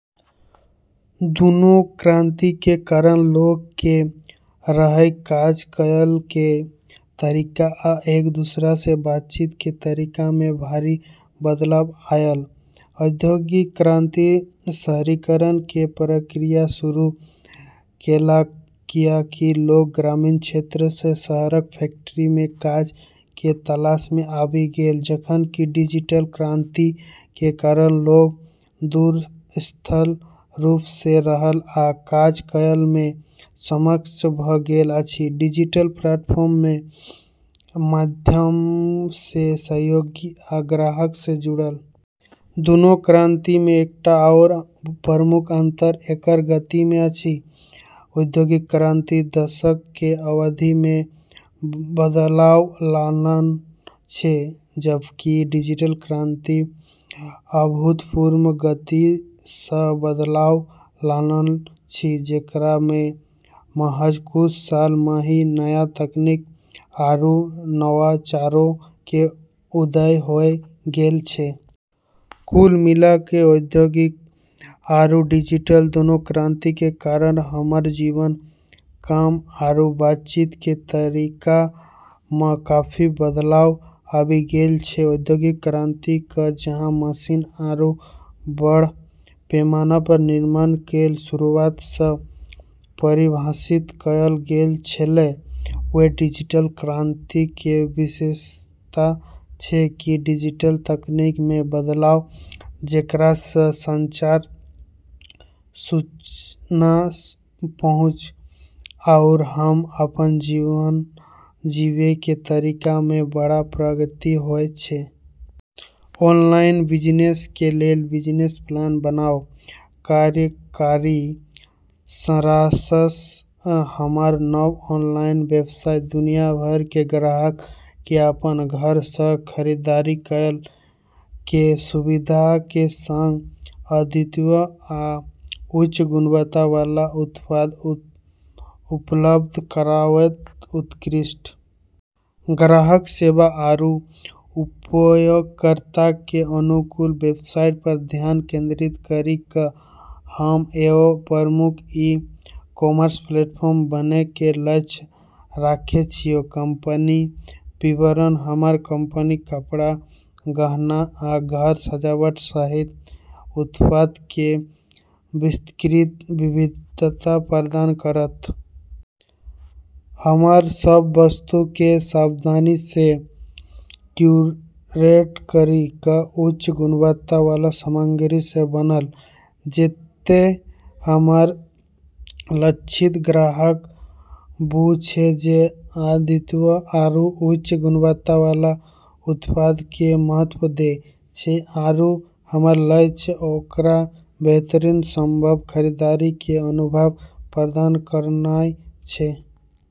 दुनू क्रान्ति के कारण लोक के रहय, काज करय के तरीका आ एक दोसरा सऽ बातचीत के तरीका मे भारी बदलाव आयल ।औद्योगिक क्रांति शहरीकरण के प्रक्रिया शुरू केलक, कियाकि लोक ग्रामीण क्षेत्र सऽ शहरक फैक्ट्री में काज के तलाश में आबि गेल, जखन कि डिजिटल क्रांति के कारण लोक दूरस्थ रूप सऽ रहय आ काज करय में सक्षम भऽ गेल अछि, डिजिटल प्लेटफॉर्म के माध्यम सऽ सहयोगी आ ग्राहक सऽ जुड़ल। दुनू क्रान्ति मे एकटा आओर प्रमुख अंतर एकर गति मे अछि। औद्योगिक क्रांति दशकऽ के अवधि मऽ बदलाव लानल छै, जबकि डिजिटल क्रांति अभूतपूर्व गति सऽ बदलाव लानल छै, जेकरा मऽ महज कुछ साल मऽ ही नया तकनीक आरू नवाचारो के उदय होय गेलऽ छै। कुल मिला कऽ औद्योगिक आरू डिजिटल दोनों क्रांति के कारण हमरऽ जीवन, काम आरू बातचीत के तरीका मऽ काफी बदलाव आबी गेलऽ छै। औद्योगिक क्रांति कऽ जहाँ मशीन आरू बड़ऽ पैमाना पर निर्माण के शुरूआत सऽ परिभाषित करलऽ गेलऽ छेलै, वैह डिजिटल क्रांति के विशेषता छै कि डिजिटल तकनीक मऽ बदलाव, जेकरा सऽ संचार, सूचना पहुँच आरू हम्म अपनऽ जीवन जीबै के तरीका मऽ बड़ऽ प्रगति होय छै। ऑनलाइन बिजनेस के लेल बिजनेस प्लान बनाउ। कार्यकारी सारांश: हमर नव ऑनलाइन व्यवसाय दुनिया भर के ग्राहक के अपन घर सऽ खरीदारी करय के सुविधा के संग अद्वितीय आ उच्च गुणवत्ता वाला उत्पाद उपलब्ध कराओत ।उत्कृष्ट ग्राहक सेवा आरू उपयोगकर्ता के अनुकूल वेबसाइट पर ध्यान केंद्रित करी कऽ हम्म एगो प्रमुख ई-कॉमर्स प्लेटफॉर्म बनै के लक्ष्य रखै छियै। कंपनी विवरण: हमर कंपनी कपड़ा, गहना, आ घर सजावट सहित उत्पाद के विस्तृत विविधता प्रदान करत। हमरऽ सब वस्तु कऽ सावधानी सऽ क्यूरेट करी कऽ उच्च गुणवत्ता वाला सामग्री सऽ बनलऽ जैतै। हमरऽ लक्षित ग्राहक वू छै जे अद्वितीय आरू उच्च गुणवत्ता वाला उत्पाद कऽ महत्व दै छै, आरू हमर लक्ष्य ओकरा बेहतरीन संभव खरीदारी के अनुभव प्रदान करनाइ छै।